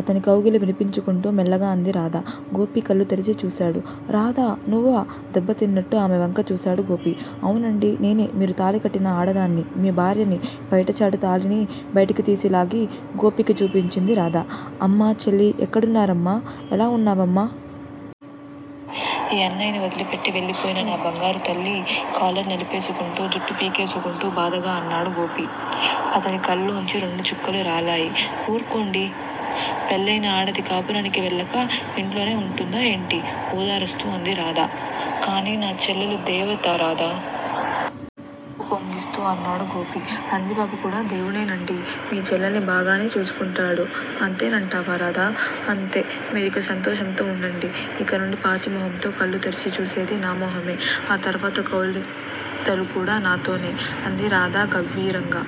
అతని కౌగిలి విడిపించుకుంటూ మెల్లగా అంది రాధ. గోపి కళ్ళుతెరిచి చూశాడు. రాధా! నువ్వా? దెబ్బతిన్నట్టు ఆమెవంక చూశాడు గోపి. అవునండీ. నేనే మీరు తాళికట్టిన ఆడదాన్ని. మీ భార్యని! పైటచాటు తాళిని బయటకిలాగి గోపీకి చూపించింది రాధ. అమ్మా చెల్లీ? ఎక్కడున్నావమ్మా? ఎలా ఉన్నావమ్మా? ఈ అన్నయ్యని వదిలిపెట్టి వెళ్ళిపోయినా నా బంగారుతల్లీ? కాలర్ నలిపేస్కుంటూ జుట్టు పీకేస్కుంటూ బాధగా అన్నాడు గోపీ. అతని కళ్ళలోంచి రెండుచుక్కలు రాలాయ్. ఊర్కోండి. పెళ్ళయిన ఆడది కాపురానికి వెళ్ళక ఇంట్లోనే వుంటుందా ఏంటీ? ఓదారుస్తూ అంది రాధ. కానీ నా చెల్లెలు దేవత రాధా. ముక్కు పొంగిస్తూ అన్నాడు గోపి. అంజిబాబు కూడా దేవుడేనండీ. మీ చెల్లెల్ని బాగానే చూస్కుంటాడు. అంతేనంటావా రాధా? అంతే. మీరిక సంతోషంతో ఉండండి. ఇకనుండి పాచిమొహముతో కళ్ళుతెరిచి చూసేది నా మొహమే. ఆ తర్వాత కౌగిలింతలు కూడా నాతోనే. అంది రాధ గంభీరంగా.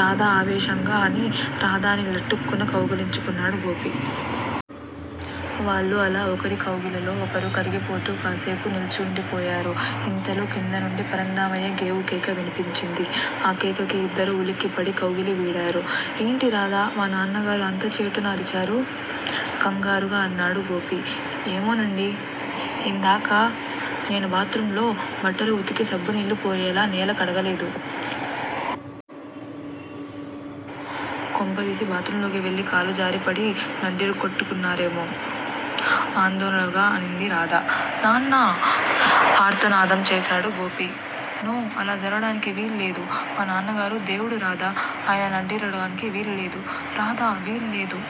రాధా ఆవేశంగా అని రాధని లటుక్కున కౌగిలించుకున్నాడు గోపి. వాళ్ళు అలా ఒకరి కౌగిలిలో ఒకరు కరిగిపోతూ కాసేపు నిల్చుండిపోయారు. ఇంతలో కిందనుండి పరంధామయ్య గేవుకేక వినిపించింది. ఆ కేకకి ఇద్దరూ ఉలిక్కిపడి కౌగిలి వీడారు. ఏంటి రాధా. మా నాన్నగారు అంతచేటున అరిచారు? కంగారుగా అన్నాడు గోపీ. ఏమోనండీ. ఇందాక నేను బాత్రూమ్ లో బట్టలు వుతికి సబ్బునీళ్ళు పోయేలా నేల కడగలేదు. కొంపదీసి బాత్రూంలోకి వెళ్ళి కాలుజారిపడి నడ్డిరక్కొట్టు కున్నారేమో!? ఆందోళనగా అంది రాధ. నాన్నా. ఆర్తనాదం చేశాడు గోపి. నో. అలా జరగడానికి వీల్లేదు. మా నాన్నగారు దేవుడు రాధా. ఆయన నడ్డిరగడానికి వీల్లేదు రాధా వీల్లేదు!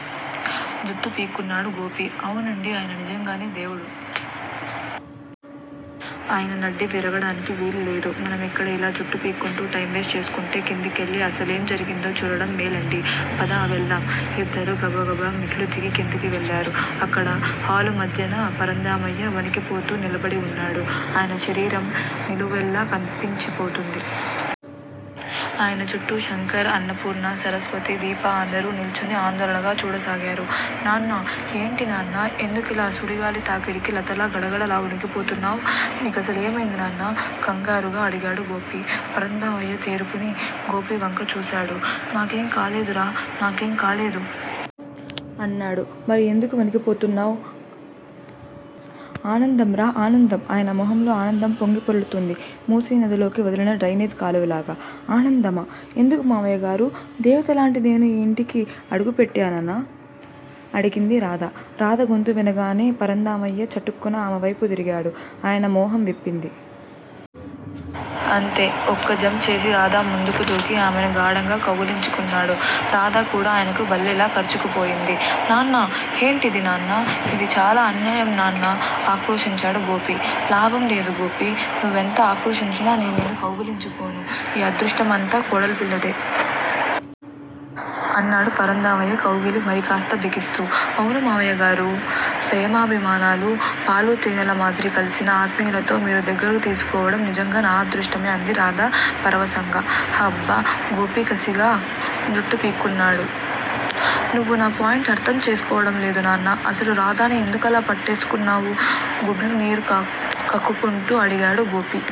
జుట్టు పీక్కున్నాడు గోపి. అవునండీ ఆయన నిజంగానే దేవుడు. ఆయన నడ్డి విరగడానికి వీల్లేదు. మనం ఇక్కడ ఇలా జుట్టు పీక్కుంటూ టైంవేస్టు చేసేకంటే కిందకెళ్ళి అసలేం జరిగిందో చూడడం మేలండి. పద. వెళ్దాం. ఇద్దరూ గబగబా మెట్లుదిగి క్రిందికి వెళ్ళారు. అక్కడ హాలుమధ్యన పరంధామయ్య వణికిపోతూ నిలబడి వున్నాడు. ఆయన శరీరం నిలువెల్లా కంపించిపోతూంది. ఆయనచుట్టూ శంకరం, అన్నపూర్ణా, సరస్వతి, దీప అందరూ నిల్చుని ఆందోళనగా చూడసాగారు. నాన్నా. ఏంటి నాన్నా? ఎందుకిలా సుడిగాలి తాకిడికి లతలా గడగడా వణికిపోతున్నావ్? నీ కసలు ఏమైంది నాన్నా? కంగారుగా అడిగాడు గోపి. పరంధామయ్య తేరుకుని గోపివంక చూశాడు. నాకేం కాలేదురా. నాకేం కాలేదు. అన్నాడు. మరి ఎందుకలా వణికిపోతున్నావ్? ఆనందంరా. ఆనందం. ఆయన మొహంలో ఆనందం పొంగిపొర్లుతూంది మూసీనదిలోకి వదిలిన డ్రైనేజి కాలువలాగా. ఆనందమా! ఎందుకు మామయ్యగారూ? దేవతలాంటి నేను ఈ ఇంటిలో అడుగుపెట్టాననా? అడిగింది రాధ. రాధ గొంతు వినగానే పరంధామయ్య చటుక్కున అమెవైపుకు తిరిగాడు. ఆయన మొహం విప్పారింది. అంతే ఒక్క జంప్ చేసి రాధ ముందుకదూకి ఆమెను గాఢంగా కౌగిలించుకున్నాడు. రాధ కూడా ఆయనకు బల్లిలా కర్చుకుపోయింది. నాన్నా. హేన్టిది నాన్నా? ఇది చాలా అన్నాయం నాన్నా. ఆక్రోశించాడు గోపి. లాభం లేదు గోపీ. నువ్వెంత ఆక్రోశించినా నేను నిన్ను కౌగిలించుకోను. ఈ అదృష్టంమంతా కోడలు పిల్లదే. అన్నాడు పరంధామయ్య కౌగిలి మరికాస్త బిగిస్తూ. అవును మామయ్యగారూ. ప్రేమాభిమానాలు పాలూతేనెలమాదిరి కలిసిన ఆత్మీయతతో మీరు దగ్గరకుతీసుకోవడం నిజంగా నా అదృష్టమే అంది రాధ పరవశంగా. హబ్బా! గోపి కసిగా జుట్టు పీక్కున్నాడు. నువ్వు నా పాయింట్ అర్థం చేసుకోవడంలేదు నాన్నా. అసలు రాధని ఎందుకలా పట్టేస్కున్నావ్? గుడ్ల నీరు కుక్కుకుంటూ అడిగాడు గోపి.